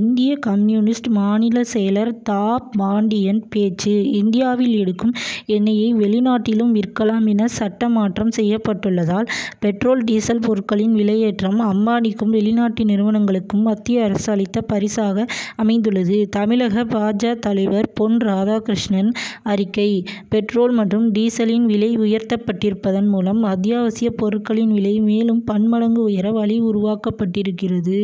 இந்திய கம்யூனிஸ்ட் மாநில செயலர் தா. பாண்டியன் பேச்சு இந்தியாவில் எடுக்கும் எண்ணெயை வெளிநாட்டிலும் விற்கலாம் என சட்ட மாற்றம் செய்யப்பட்டுள்ளதால், பெட்ரோல், டீசல் பொருட்களின் விலையேற்றம், அம்பானிக்கும், வெளிநாட்டு நிறுவனங்களுக்கும், மத்திய அரசு அளித்த பரிசாக அமைந்துள்ளது. தமிழக பா. ஜ., தலைவர் பொன் ராதாகிருஷ்ணன் அறிக்கை பெட்ரோல் மற்றும் டீசலின் விலை உயர்த்தப்பட்டிருப்பதன் மூலம் அத்தியாவசியப் பொருட்களின் விலை மேலும் பன்மடங்கு உயர வழி உருவாக்கப்பட்டிருக்கிறது.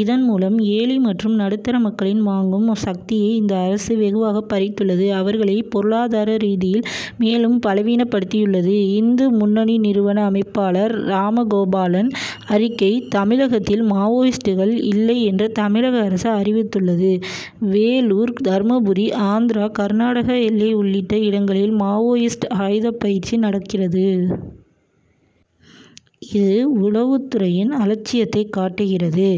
இதன் மூலம் ஏழை மற்றும் நடுத்தர மக்களின் வாங்கும் சக்தியை இந்த அரசு வெகுவாக பறித்துள்ளது. அவர்களை பொருளாதார ரீதியில் மேலும் பலவீனப்படுத்தியுள்ளது. இந்து முன்னணி நிறுவன அமைப்பாளர் ராமகோபாலன் அறிக்கை தமிழகத்தில் மாவோயிஸ்டுகள் இல்லை என்று தமிழக அரசு அறிவித்துள்ளது. வேலூர், தர்மபுரி, ஆந்திரா கர்நாடக எல்லை உள்ளிட்ட இடங்களில், மாவோயிஸ்ட் ஆயுதப் பயிற்சி நடக்கிறது. இது, உளவுத் துறையின் அலட்சியத்தை காட்டுகிறது.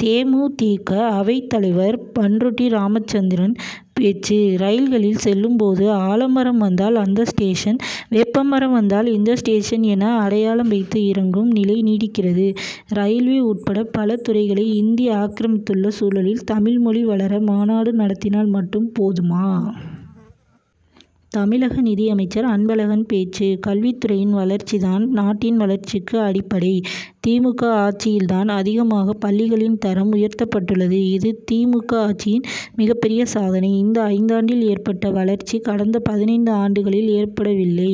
தே. மு. தி. க., அவைத் தலைவர் பண்ருட்டி ராமச்சந்திரன் பேச்சு ரயில்களில் செல்லும் போது ஆலமரம் வந்தால் அந்த ஸ்டேஷன், வேப்பமரம் வந்தால் இந்த ஸ்டேஷன் என அடையாளம் வைத்து இறங்கும் நிலை நீடிக்கிறது. ரயில்வே உட்பட பல துறைகளை இந்தி ஆக்கிரமித்துள்ள சூழலில், தமிழ் மொழி வளர மாநாடு நடத்தினால் மட்டும் போதுமா? தமிழக நிதியமைச்சர் அன்பழகன் பேச்சு கல்வித் துறையின் வளர்ச்சி தான் நாட்டின் வளர்ச்சிக்கு அடிப்படை. தி. மு. க., ஆட்சியில் தான் அதிகமாக பள்ளிகளின் தரம் உயர்த்தப்பட்டுள்ளது. இது, தி. மு. க., ஆட்சியின் மிகப்பெரிய சாதனை. இந்த ஐந்தாண்டில் ஏற்பட்ட வளர்ச்சி கடந்த பதினைந்து ஆண்டுகளில் ஏற்படவில்லை.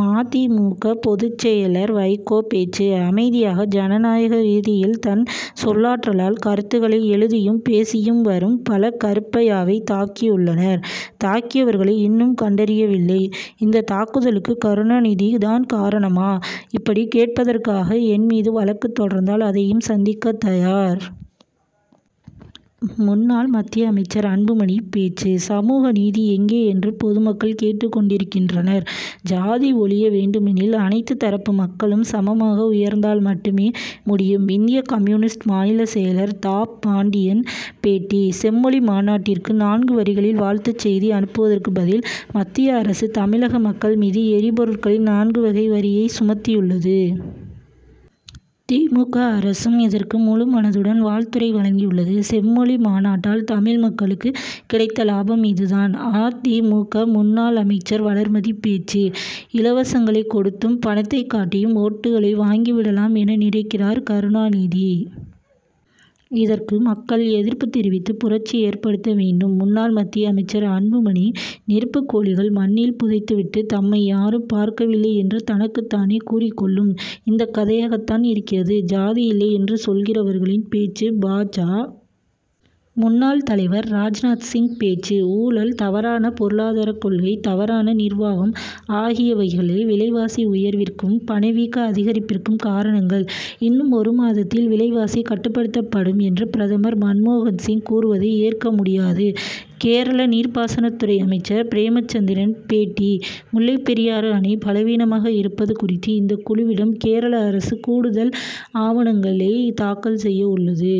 ம. தி. மு. க., பொதுச் செயலர் வைகோ பேச்சு அமைதியாக, ஜனநாயக ரீதியில் தன் சொல்லாற்றலால் கருத்துகளை எழுதியும், பேசியும் வரும் பழ. கருப்பையாவை தாக்கியுள்ளனர். தாக்கியவர்களை இன்னும் கண்டறியவில்லை. இந்த தாக்குதலுக்கு கருணாநிதி தான் காரணமா? இப்படி கேட்பதற்காக என் மீது வழக்கு தொடர்ந்தால் அதையும் சந்திக்க தயார். முன்னாள் மத்திய அமைச்சர் அன்புமணி பேச்சு சமூக நீதி எங்கே என்று பொதுமக்கள் கேட்டுக் கொண்டிருக்கின்றனர். ஜாதி ஒழிய வேண்டுமெனில், அனைத்து தரப்பு மக்களும் சமமாக உயர்ந்தால் மட்டுமே முடியும். இந்திய கம்யூனிஸ்ட் மாநில செயலர் தா. பாண்டியன் பேட்டி செம்மொழி மாநாட்டிற்கு நான்கு வரிகளில் வாழ்த்துச் செய்தி அனுப்புவதற்கு பதில், மத்திய அரசு தமிழக மக்கள் மீது எரிபொருட்களின் நான்கு வகை வரியைச் சுமத்தியுள்ளது. தி. மு. க., அரசும் இதற்கு முழுமனதுடன் வாழ்த்துரை வழங்கியுள்ளது. செம்மொழி மாநாட்டால் தமிழ் மக்களுக்கு கிடைத்த லாபம் இது தான். அ. தி. மு. க., முன்னாள் அமைச்சர் வளர்மதி பேச்சு இலவசங்களைக் கொடுத்தும், பணத்தைக் காட்டியும் ஓட்டுகளை வாங்கி விடலாம் என நினைக்கிறார் கருணாநிதி. இதற்கு மக்கள் எதிர்ப்பு தெரிவித்து புரட்சி ஏற்படுத்த வேண்டும். முன்னாள் மத்திய அமைச்சர் அன்புமணி நெருப்புக் கோழிகள் மண்ணில் புதைத்துவிட்டு தம்மை யாரும் பார்க்கவில்லை என்று தனக்குத்தானே கூறிக் கொள்ளும். இந்தக் கதையாகத் தான் இருக்கிறது ஜாதி இல்லை என்று சொல்கிறவர்களின் பேச்சு. பா. ஜ., முன்னாள் தலைவர் ராஜ்நாத் சிங் பேச்சு ஊழல், தவறான பொருளாதாரக் கொள்கை, தவறான நிர்வாகம் ஆகியவைகளே விலைவாசி உயர்விற்கும், பணவீக்க அதிகரிப்பிற்கும் காரணங்கள். இன்னும் ஒரு மாதத்தில் விலைவாசி கட்டுப்படுத்தப்படும் என்று பிரதமர் மன்மோகன் சிங் கூறுவதை ஏற்க முடியாது. கேரள நீர்பாசனத் துறை அமைச்சர் பிரேமச்சந்திரன் பேட்டி முல்லைப் பெரியாறு அணை பலவீனமாக இருப்பது குறித்து, இந்த குழுவிடம் கேரள அரசு கூடுதல் ஆவணங்களை தாக்கல் செய்ய உள்ளது.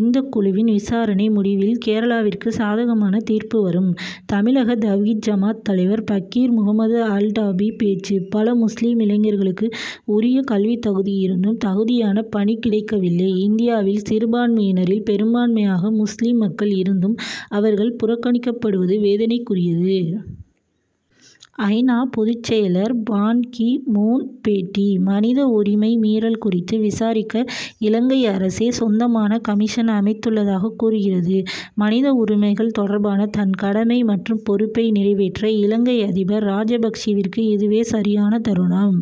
இந்த குழுவின் விசாரணை முடிவில் கேரளாவிற்கு சாதகமான தீர்ப்பு வரும். தமிழக தவ்ஹித் ஜமாத் தலைவர் பக்கீர் முகமது அல்டாபி பேச்சு பல முஸ்லிம் இளைஞர்களுக்கு, உரிய கல்வித் தகுதி இருந்தும் தகுதியான பணி கிடைக்கவில்லை. இந்தியாவில் சிறுபான்மையினரில் பெரும்பான்மையாக முஸ்லிம் மக்கள் இருந்தும் அவர்கள் புறக்கணிக்கப்படுவது வேதனைக்குரியது. ஐ. நா., பொதுச் செயலர் பான்-கி-மூன் பேட்டி மனித உரிமை மீறல் குறித்து விசாரிக்க இலங்கை அரசே சொந்தமான கமிஷன் அமைத்துள்ளதாகக் கூறுகிறது. மனித உரிமைகள் தொடர்பான தன் கடமை மற்றும் பொறுப்பை நிறைவேற்ற, இலங்கை அதிபர் ராஜபக்ஷேவிற்கு இதுவே சரியான தருணம்.